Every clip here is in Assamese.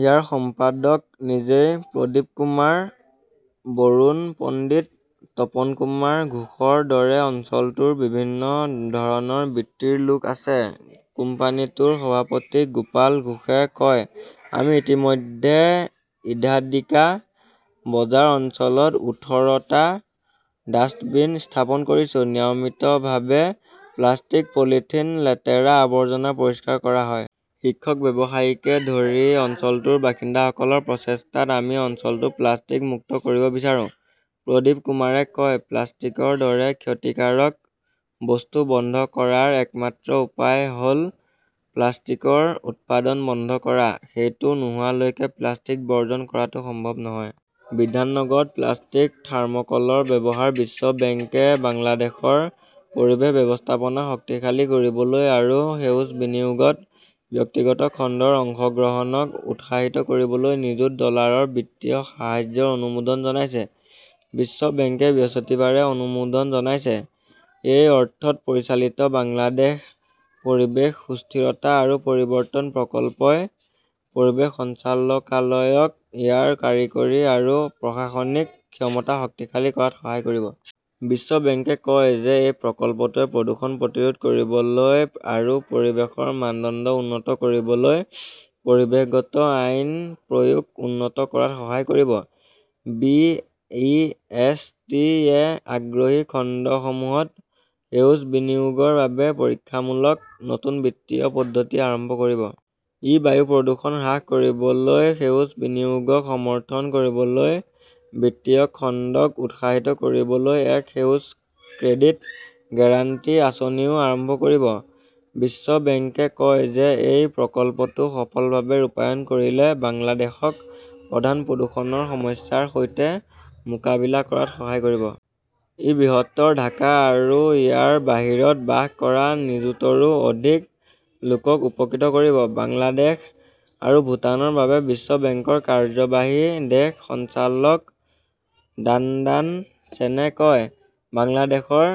ইয়াৰ সম্পাদক নিজেই প্ৰদীপকুমাৰ। বৰুণ পণ্ডিত, তপনকুমাৰ ঘোষৰ দৰে অঞ্চলটোৰ বিভিন্ন ধৰণৰ বৃত্তিৰ লোক আছে। কোম্পানীটোৰ সভাপতি গোপাল ঘোষে কয়, আমি ইতিমধ্যে ইধাদিকা বজাৰ অঞ্চলত ওঠৰ টা ডাস্টবিন স্থাপন কৰিছো। নিয়মিতভাৱে প্লাষ্টিক, পলিথিন, লেতেৰা আৱৰ্জনা পৰিষ্কাৰ কৰা হয়। শিক্ষক, ব্যৱসায়ীকে ধৰি অঞ্চলটোৰ বাসিন্দাসকলৰ প্ৰচেষ্টাত আমি অঞ্চলটো প্লাষ্টিক মুক্ত কৰিব বিচাৰো। প্ৰদীপকুমাৰে কয়", প্লাষ্টিকৰ দৰে ক্ষতিকাৰক বস্তু বন্ধ কৰাৰ একমাত্ৰ উপায় হ 'ল প্লাষ্টিকৰ উৎপাদন বন্ধ কৰা। "সেইটো নোহোৱালৈকে প্লাষ্টিক বৰ্জন কৰাটো সম্ভৱ নহয়। বিধাননগৰত প্লাষ্টিক, থাৰ্মকলৰ ব্যৱহাৰ বিশ্ব বেংকে বাংলাদেশৰ পৰিৱেশ ব্যৱস্থাপনা শক্তিশালী কৰিবলৈ আৰু সেউজ বিনিয়োগত ব্যক্তিগত খণ্ডৰ অংশগ্ৰহণক উৎসাহিত কৰিবলৈ নিযুত ডলাৰৰ বিত্তীয় সাহায্যৰ অনুমোদন জনাইছে। বিশ্ব বেংকে বৃহস্পতিবাৰে অনুমোদন জনাইছে। এই অৰ্থত পৰিচালিত বাংলাদেশ পৰিৱেশ সুস্থিৰতা আৰু পৰিৱৰ্তন প্ৰকল্পই পৰিৱেশ সঞ্চালকালয়ক ইয়াৰ কাৰিকৰী আৰু প্ৰশাসনিক ক্ষমতা শক্তিশালী কৰাত সহায় কৰিব। বিশ্ব বেংকে কয় যে এই প্ৰকল্পটোৱে প্ৰদূষণ প্ৰতিৰোধ কৰিবলৈ আৰু পৰিৱেশৰ মানদণ্ড উন্নত কৰিবলৈ পৰিৱেশগত আইন-প্ৰয়োগ উন্নত কৰাত সহায় কৰিব। বি. ই. এছ. টি. -য়ে আগ্ৰহী খণ্ডসমূহত সেউজ বিনিয়োগৰ বাবে পৰীক্ষামূলক নতুন বিত্তীয় পদ্ধতি আৰম্ভ কৰিব। ই বায়ু প্ৰদূষণ হ্ৰাস কৰিবলৈ সেউজ বিনিয়োগক সমৰ্থন কৰিবলৈ বিত্তীয় খণ্ডক উৎসাহিত কৰিবলৈ এক সেউজ ক্ৰেডিট গেৰাণ্টি আঁচনিও আৰম্ভ কৰিব। বিশ্ব বেংকে কয় যে এই প্ৰকল্পটো সফলভাৱে ৰূপায়ণ কৰিলে বাংলাদেশক প্ৰধান প্ৰদূষণৰ সমস্যাৰ সৈতে মোকাবিলা কৰাত সহায় কৰিব। ই বৃহত্তৰ ঢাকা আৰু ইয়াৰ বাহিৰত বাস কৰা নিযুতৰো অধিক লোকক উপকৃত কৰিব। বাংলাদেশ আৰু ভূটানৰ বাবে বিশ্ব বেংকৰ কাৰ্যবাহী দেশ সঞ্চালক ডাণ্ডান চেনে কয়, বাংলাদেশৰ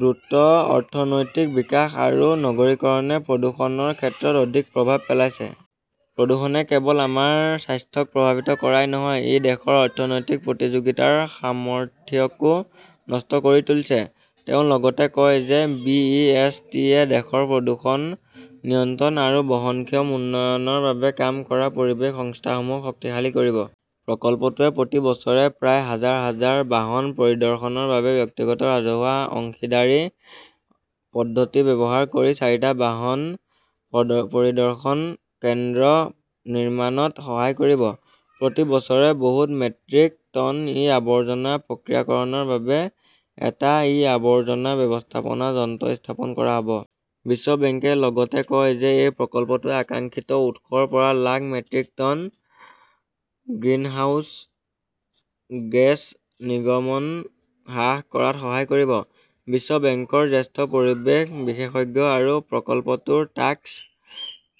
দ্ৰুত অৰ্থনৈতিক বিকাশ আৰু নগৰীকৰণে প্ৰদূষণৰ ক্ষেত্ৰত অধিক প্ৰভাৱ পেলাইছে। প্ৰদূষণে কেৱল আমাৰ স্বাস্থ্যক প্ৰভাৱিত কৰাই নহয়, ই দেশৰ অৰ্থনৈতিক প্ৰতিযোগিতাৰ সামৰ্থ্যকো নষ্ট কৰি তুলিছে। তেওঁ লগতে কয় যে বি. ই. এছ. টি. -য়ে দেশৰ প্ৰদূষণ নিয়ন্ত্ৰণ আৰু বহনক্ষম উন্নয়নৰ বাবে কাম কৰা পৰিৱেশ সংস্থাসমূহক শক্তিশালী কৰিব। প্ৰকল্পটোৱে প্ৰতি বছৰে প্ৰায় হাজাৰ- হাজাৰ বাহন পৰিদৰ্শনৰ বাবে ব্যক্তিগত-ৰাজহুৱা অংশীদাৰী পদ্ধতি ব্যৱহাৰ কৰি চাৰিটা বাহন পৰিদৰ্শন কেন্দ্ৰ নিৰ্মাণত সহায় কৰিব। প্ৰতি বছৰে বহুত মেট্ৰিক টন ই-আৱৰ্জনা প্ৰক্ৰিয়াকৰণৰ বাবে এটা ই-আৱৰ্জনা ব্যৱস্থাপনা যন্ত্ৰ স্থাপন কৰা হ 'ব। বিশ্ব বেংকে লগতে কয় যে এই প্ৰকল্পটোৱে আকাংক্ষিত উৎসৰ পৰা lakh metric tonne greenhouse gas নিৰ্গমন হ্ৰাস কৰাত সহায় কৰিব। বিশ্ব বেংকৰ জ্যেষ্ঠ পৰিৱেশ বিশেষজ্ঞ আৰু প্ৰকল্পটোৰ টাস্ক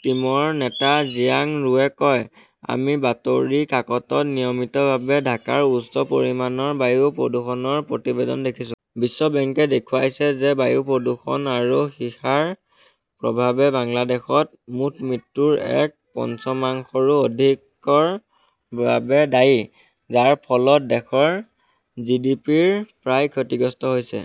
টিমৰ নেতা জিয়াং ৰুৱে কয়, আমি বাতৰি কাকতত নিয়মিতভাৱে ঢাকাৰ উচ্চ পৰিমাণৰ বায়ু প্ৰদূষণৰ প্ৰতিবেদন দেখিছোঁ। বিশ্ব বেংকে দেখুৱাইছে যে বায়ু প্ৰদূষণ আৰু সীসাৰ প্ৰভাৱে বাংলাদেশত মুঠ মৃত্যুৰ এক পঞ্চমাংশৰো অধিকৰ বাবে দায়ী, যাৰ ফলত দেশৰ জিডিপিৰ প্ৰায় ক্ষতিগ্ৰস্ত হৈছে।